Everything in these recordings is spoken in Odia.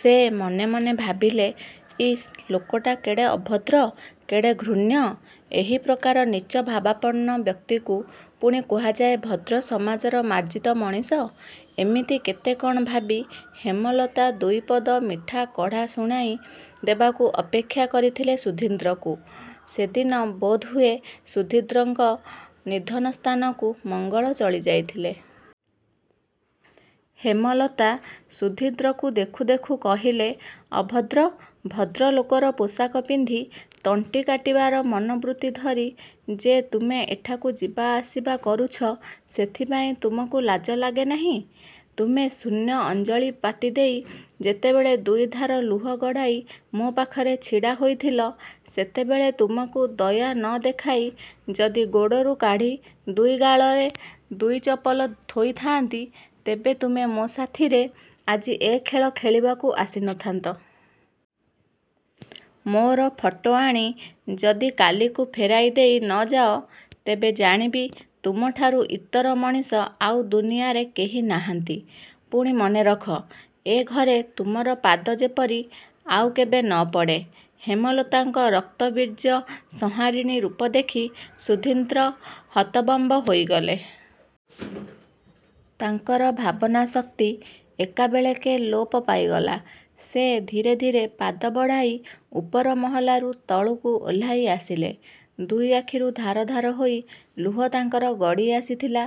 ସେ ମନେମନେ ଭାବିଲେ, ''ଇସ୍ ଲୋକଟା କେଡ଼େ ଅଭଦ୍ର, କେଡ଼େ ଘୃଣ୍ୟ? ଏହିପ୍ରକାର ନୀଚଭାବାପନ୍ନ ବ୍ୟକ୍ତିକୁ ପୁଣି କୁହାଯାଏ ଭଦ୍ର ସମାଜର ମାର୍ଜିତ ମଣିଷ? ଏମିତି କେତେ କ'ଣ ଭାବି ହେମଲତା ଦୁଇପଦ ମିଠାକଡ଼ା ଶୁଣାଇ ଦେବାକୁ ଅପେକ୍ଷା କରିଥିଲେ ସୁଧୀନ୍ଦ୍ରକୁ। '' ସେଦିନ ବୋଧହୁଏ ସୁଧୀନ୍ଦ୍ରଙ୍କ ନିଧନ ସ୍ଥାନକୁ ମଙ୍ଗଳ ଚଳିଯାଇଥିଲେ। ହେମଲତା ସୁଧୀନ୍ଦ୍ରକୁ ଦେଖୁଦେଖୁ କହିଲେ, ''ଅଭଦ୍ର! ଭଦ୍ରଲୋକର ପୋଷାକ ପିନ୍ଧି ତଣ୍ଟି କାଟିବାର ମନୋବୃତ୍ତି ଧରି ଯେ ତୁମେ ଏଠାକୁ ଯିବାଆସିବା କରୁଛ, ସେଥିପାଇଁ ତୁମକୁ ଲାଜ ଲାଗେନାହିଁ। ତୁମେ ଶୂନ୍ୟ ଅଞ୍ଜଳି ପାତିଦେଇ ଯେତେବେଳେ ଦୁଇଧାର ଲୁହ ଗଡ଼ାଇ ମୋ ପାଖରେ ଛିଡ଼ା ହୋଇଥିଲ, ସେତେବେଳେ ତୁମକୁ ଦୟା ନ ଦେଖାଇ ଯଦି ଗୋଡ଼ରୁ କାଢ଼ି ଦୁଇ ଗାଳରେ ଦୁଇ ଚପଲ ଥୋଇଥାନ୍ତି, ତେବେ ତୁମେ ମୋ ସାଥୀରେ ଆଜି ଏ ଖେଳ ଖେଳିବାକୁ ଆସିନଥାନ୍ତ? ମୋର ଫଟୋ ଆଣି ଯଦି କାଲିକୁ ଫେରାଇ ଦେଇ ନ ଯାଅ ତେବେ ଜାଣିବି ତୁମଠାରୁ ଇତର ମଣିଷ ଆଉ ଦୁନିଆରେ କେହି ନାହାନ୍ତି। ପୁଣି ମନେରଖ, ଏ ଘରେ ତୁମର ପାଦ ଯେପରି ଆଉ କେବେ ନ ପଡ଼େ। '' ହେମଲତାଙ୍କ ରକ୍ତବୀର୍ଯ୍ୟ ସଂହାରିଣୀ ରୂପଦେଖି ସୁଧୀନ୍ଦ୍ର ହତବମ୍ବ ହୋଇଗଲେ। ତାଙ୍କର ଭାବନାଶକ୍ତି ଏକାବେଳକେ ଲୋପ ପାଇଗଲା। ସେ ଧୀରେ ଧୀରେ ପାଦ ବଢ଼ାଇ ଉପର ମହଲାରୁ ତଳକୁ ଓହ୍ଲାଇ ଆସିଲେ। ଦୁଇ ଆଖିରୁ ଧାର ଧାର ହୋଇ ଲୁହ ତାଙ୍କର ଗଡ଼ିଆସିଥିଲା।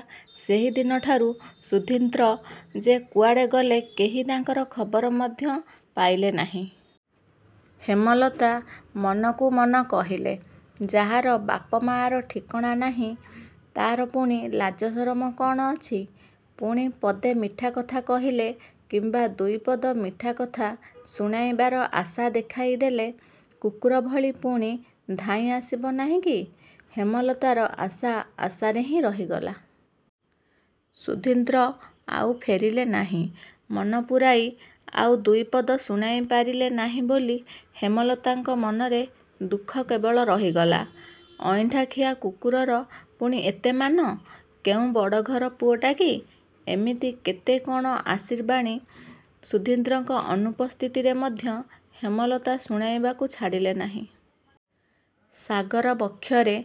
ସେହିଦିନଠାରୁ ସୁଧୀନ୍ଦ୍ର ଯେ କୁଆଡ଼େ ଗଲେ କେହି ତାଙ୍କର ଖବର ମଧ୍ୟ ପାଇଲେ ନାହିଁ। ହେମଲତା ମନକୁ ମନ କହିଲେ, ଯାହାର ବାପ ମାଆର ଠିକଣା ନାହିଁ ତା'ର ପୁଣି ଲାଜସରମ କ'ଣ ଅଛି? ପୁଣି ପଦେ ମିଠାକଥା କହିଲେ କିମ୍ବା ଦୁଇପଦ ମିଠାକଥା ଶୁଣାଇବାର ଆଶା ଦେଖାଇଦେଲେ କୁକୁରଭଳି ପୁଣି ଧାଇଁ ଆସିବ ନାହିଁକି? ହେମଲତାର ଆଶା ଆଶାରେ ହିଁ ରହିଗଲା। ସୁଧୀନ୍ଦ୍ର ଆଉ ଫେରିଲେ ନାହିଁ। ମନ ପୂରାଇ ଆଉ ଦୁଇପଦ ଶୁଣାଇ ପାରିଲେ ନାହିଁ ବୋଲି ହେମଲତାଙ୍କ ମନରେ ଦୁଃଖ କେବଳ ରହିଗଲା। ଅଇଁଠାଖିଆ କୁକୁରର ପୁଣି ଏତେ ମାନ? କେଉଁ ବଡ଼ଘର ପୁଅଟା କି? ଏମିତି କେତେ କ'ଣ ଆଶୀର୍ବାଣୀ ସୁଧୀନ୍ଦ୍ରଙ୍କ ଅନୁପସ୍ଥିତିରେ ମଧ୍ୟ ହେମଲତା ଶୁଣାଇବାକୁ ଛାଡ଼ିଲେ ନାହିଁ। ସାଗର ବକ୍ଷରେ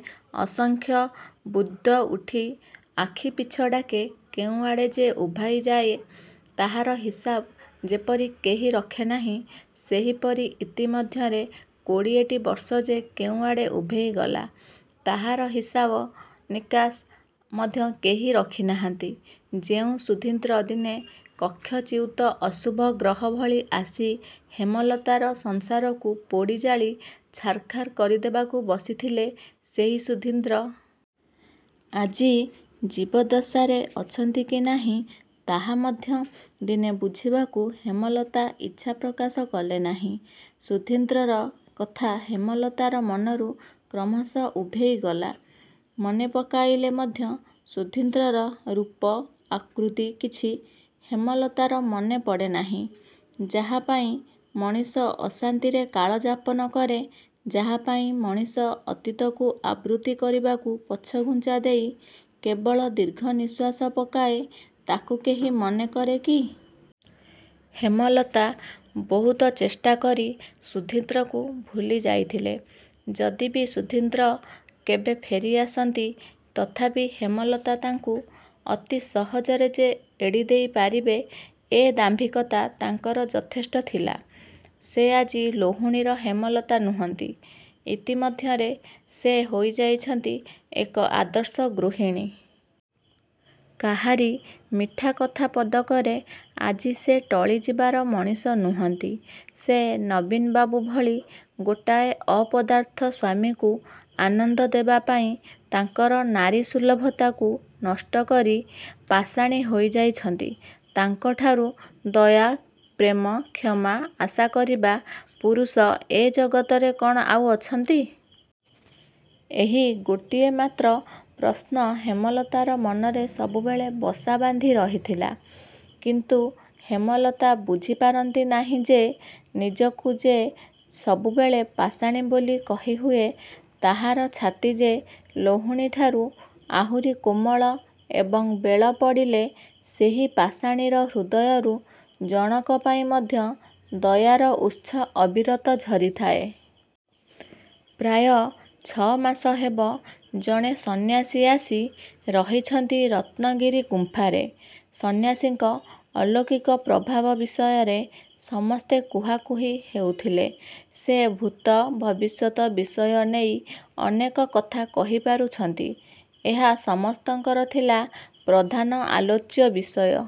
ଅସଂଖ୍ୟ ବୁଦ୍ବୁଦ୍ ଉଠି ଆଖିପିଛଡ଼ାକେ କେଉଁଆଡ଼େ ଯେ ଉଭାଇଯାଏ ତାହାର ହିସାବ ଯେପରି କେହି ରଖେ ନାହିଁ, ସେହିପରି ଇତିମଧ୍ୟରେ କୋଡ଼ିଏଟି ବର୍ଷ ଯେ କେଉଁଆଡ଼େ ଉଭେଇଗଲା, ତାହାର ହିସାବ ନିକାଶ ମଧ୍ୟ କେହି ରଖିନାହାନ୍ତି। ଯେଉଁ ସୁଧୀନ୍ଦ୍ର ଦିନେ କକ୍ଷଚ୍ୟୁତ ଅଶୁଭଗ୍ରହ ଭଳି ଆସି ହେମଲତାର ସଂସାରକୁ ପୋଡ଼ିଜାଳି ଛାରଖାର କରିଦେବାକୁ ବସିଥିଲେ, ସେହି ସୁଧୀନ୍ଦ୍ର। ଆଜି ଜୀବଦ୍ଦଶାରେ ଅଛନ୍ତି କି ନାହିଁ, ତାହା ମଧ୍ୟ ଦିନେ ବୁଝିବାକୁ ହେମଲତା ଇଚ୍ଛା ପ୍ରକାଶ କଲେ ନାହିଁ। ସୁଧୀନ୍ଦ୍ରର କଥା ହେମଲତାର ମନରୁ କ୍ରମଶଃ ଉଭେଇଗଲା। ମନେପକାଇଲେ ମଧ୍ୟ ସୁଧୀନ୍ଦ୍ରର ରୂପ, ଆକୃତି କିଛି ହେମଲତାର ମନେପଡ଼େ ନାହିଁ। ଯାହାପାଇଁ ମଣିଷ ଅଶାନ୍ତିରେ କାଳ ଯାପନ କରେ, ଯାହାପାଇଁ ମଣିଷ ଅତୀତକୁ ଆବୃତ୍ତି କରିବାକୁ ପଛଘୁଞ୍ଚା ଦେଇ କେବଳ ଦୀର୍ଘନିଶ୍ୱାସ ପକାଏ, ତାକୁ କେହି ମନେକରେ କି? ହେମଲତା ବହୁତ ଚେଷ୍ଟାକରି ସୁଧୀନ୍ଦ୍ରକୁ ଭୁଲିଯାଇଥିଲେ। ଯଦି ବି ସୁଧୀନ୍ଦ୍ର କେବେ ଫେରିଆସନ୍ତି, ତଥାପି ହେମଲତା ତାଙ୍କୁ ଅତି ସହଜରେ ଯେ ଏଡ଼ିଦେଇ ପାରିବେ, ଏ ଦାମ୍ଭିକତା ତାଙ୍କର ଯଥେଷ୍ଟ ଥିଲା। ସେ ଆଜି ଲହୁଣୀର ହେମଲତା ନୁହଁନ୍ତି। ଇତିମଧ୍ୟରେ ସେ ହୋଇଯାଇଛନ୍ତି ଏକ ଆଦର୍ଶ ଗୃହିଣୀ। କାହାରି ମିଠାକଥା ପଦକରେ ଆଜି ସେ ଟଳିଯିବାର ମଣିଷ ନୁହଁନ୍ତି। ସେ ନବୀନବାବୁ ଭଳି ଗୋଟାଏ ଅପଦାର୍ଥ ସ୍ୱାମୀକୁ ଆନନ୍ଦ ଦେବାପାଇଁ ତାଙ୍କର ନାରୀସୁଲଭତାକୁ ନଷ୍ଟକରି ପାଷାଣୀ ହୋଇଯାଇଛନ୍ତି। ତାଙ୍କଠାରୁ ଦୟା, ପ୍ରେମ, କ୍ଷମା ଆଶା କରିବା ପୁରୁଷ ଏ ଜଗତରେ କ'ଣ ଆଉ ଅଛନ୍ତି? ଏହି ଗୋଟିଏ ମାତ୍ର ପ୍ରଶ୍ନ ହେମଲତାର ମନରେ ସବୁବେଳେ ବସାବାନ୍ଧି ରହିଥିଲା। କିନ୍ତୁ ହେମଲତା ବୁଝିପାରନ୍ତି ନାହିଁ ଯେ, ନିଜକୁ ଯେ ସବୁବେଳେ ପାଷାଣୀ ବୋଲି କହିହୁଏ, ତାହାର ଛାତି ଯେ ଲହୁଣୀଠାରୁ ଆହୁରି କୋମଳ ଏବଂ ବେଳ ପଡ଼ିଲେ ସେହି ପାଷାଣୀର ହୃଦୟରୁ ଜଣକ ପାଇଁ ମଧ୍ୟ ଦୟାର ଉତ୍ସ ଅବିରତ ଝରିଥାଏ। ପ୍ରାୟ ଛଅ ମାସ ହେବ ଜଣେ ସନ୍ୟାସୀ ଆସି ରହିଛନ୍ତି ରତ୍ନଗିରି ଗୁମ୍ପାରେ। ସନ୍ୟାସୀଙ୍କ ଅଲୌକିକ ପ୍ରଭାବ ବିଷୟରେ ସମସ୍ତେ କୁହାକୁହି ହେଉଥିଲେ। ସେ ଭୂତ, ଭବିଷ୍ୟତ ବିଷୟନେଇ ଅନେକ କଥା କହିପାରୁଛନ୍ତି ଏହା ସମସ୍ତଙ୍କର ଥିଲା ପ୍ରଧାନ ଆଲୋଚ୍ୟ ବିଷୟ।